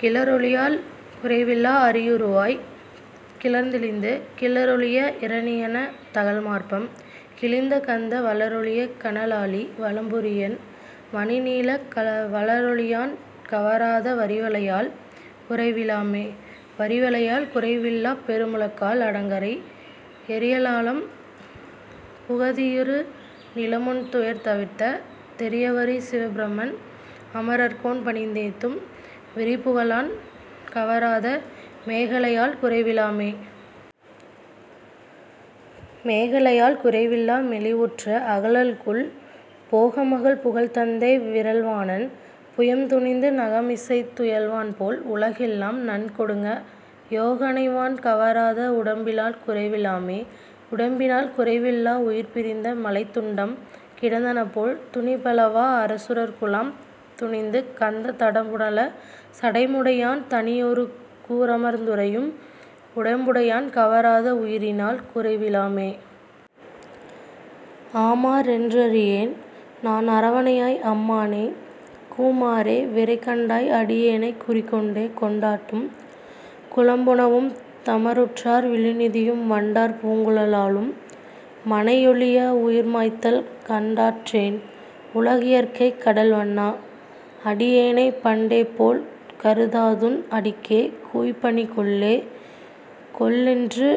கிளரொளியால் குறைவில்லா அரியுருவாய்க் கிளர்ந்தெழுந்து, கிளரொளிய இரணியன தகல்மார்பம் கிழிந்துகந்த, வளரொளிய கனலாழி வலம்புரியன் மணிநீல, வளரொளியான் கவராத வரிவளையால் குறைவிலமே.. வரிவளையால் குறைவில்லாப் பெருமுழக்கால் அடங்காரை, எரியழலம் புகவூதி யிருநிலமுன் துயர்தவிர்த்த, தெரிவரிய சிவன்பிரமன் அமரர் கோன் பணிந்தேத்தும், விரிபுகழான் கவராத மேகலையால் குறைவிலமே.. மேகலையால் குறைவில்லா மெலிவுற்ற அகலல்குல், போகமகள் புகழ்த்தந்தை விறல்வாணன் புயம்துணித்து, நாகமிசைத் துயில்வான்போல் உலகெல்லாம் நன்கொடுங்க, யோகணைவான் கவராத வுடம்பினால் குறைவிலமே.. உடம்பினால் குறைவில்லா உயிர்பிரிந்த மலைத்துண்டம், கிடந்தனபோல் துணிபலவா அசுரர் குழாம் துணித்துகந்த, தடம்புனல சடைமுடியன் தனியொருகூ றமர்ந்துறையும், உடம்புடையான் கவராத உயிரினால் குறைவிலமே. ஆமாறொன் றறியேன்நான் அரவணையாய். அம்மானே, கூமாறே விரைகண்டாய் அடியேனைக் குறிக்கொண்டே.. கொண்டாட்டும் குலம்புனைவும் தமருற்றார் விழுநிதியும், வண்டார்பூங் குழலாளும் மனையொழிய வுயிர்மாய்தல், கண்டாற்றேன் உலகியற்கை கடல்வண்ணா. அடியேனைப் பண்டேபோல் கருதாதுன் அடிக்கேகூய்ப் பணிகொள்ளே.. கொள்ளென்று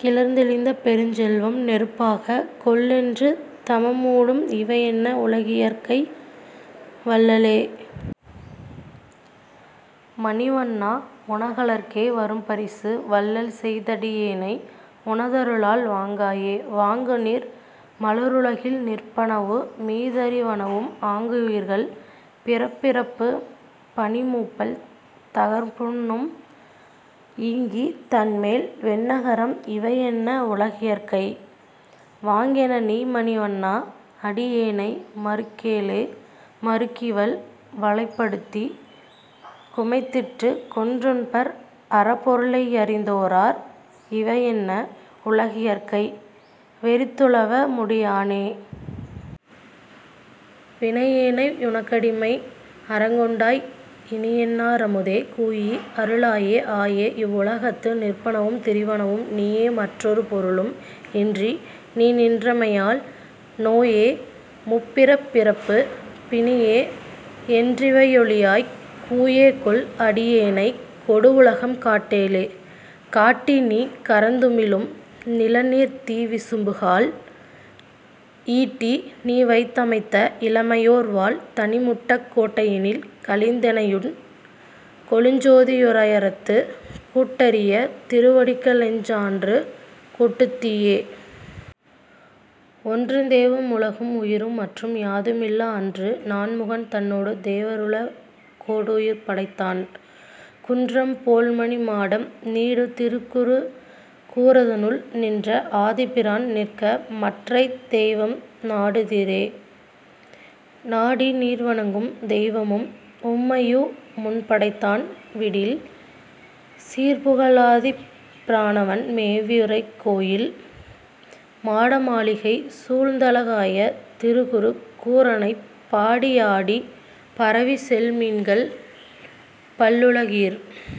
கிளர்ந்தெழுந்த பெருஞ்செல்வம் நெருப்பாக, கொள்ளென்று தமம்மூடும் இவையென்ன உலகியற்கை? வள்ளலே. மணிவண்ணா. உனகழற்கே வரும்பரிசு, வள்ளல்செய் தடியேனை உனதருளால் வாங்காயே.. வாங்குநீர் மலருலகில் நிற்பனவுமீ திரிவனவும், ஆங்குயிர்கள் பிறப்பிறப்புப் பிணிமூப்பால் தகர்ப்புண்ணும், ஈங்கிதன்மேல் வெந்நரகம் இவையென்ன உலகியற்கை? வாங்கெனைநீ மணிவண்ணா. அடியேனை மறுக்கேலே.. மறுக்கிவல் வலைப்படுத்திக் குமைத்திட்டுக் கொன்றுண்பர், அறப்பொருளை யறிந்தோரார் இவையென்ன உலகியற்கை? வெறித்துளவ முடியானே. வினையேனை யுனக்கடிமை அறக்கொண்டாய், இனியென்னா ரமுதே. கூய் அருளாயே.. ஆயே. இவ் வுலகத்து நிற்பனவும் திரிவனவும் நீயேமற் றொருபொருளும் இன்றிநீ நின்றமையால், நோயேமூப் பிறப்பிறப்புப் பிணியேயென் றிவையொழியக், கூயேகொள் அடியேனைக் கொடுவுலகம் காட்டேலே.. காட்டிநீ கரந்துமிழும் நிலநீர்தீ விசும்புகால், ஈட்டீநீ வைத்தமைத்த இமையோர்வாழ் தனிமுட்டைக், கோட்டையினில் கழித்தெனையுன் கொழுஞ்சோதி யுயரத்து, கூட்டரிய திருவடிக்க ளெஞ்ஞான்று கூட்டுதியே?. ஒன்றுந் தேவு முலகும் உயிரும் மற்றும் யாதுமில்லா அன்று, நான்முகன் தன்னொடு தேவ ருலகோ டுயிர்படைத்தான், குன்றம் போல்மணி மாடம் நீடு திருக்குரு கூரதனுள், நின்ற ஆதிப்பி ரான்நிற்க மற்றைத் தெய்வம் நாடுதிரே.. நாடி நீர்வ ணங்கும் தெய்வமும் உம்மையு முன்படைத்தான், வீடில் சீர்ப்புக ழாதிப்பி ரானவன் மேவி யுறைகோயில், மாட மாளிகை சூழ்ந்தழ காய திருக்குரு கூரதனைப், பாடி யாடிப் பரவிச் செல்மின்கள் பல்லுல கீர்.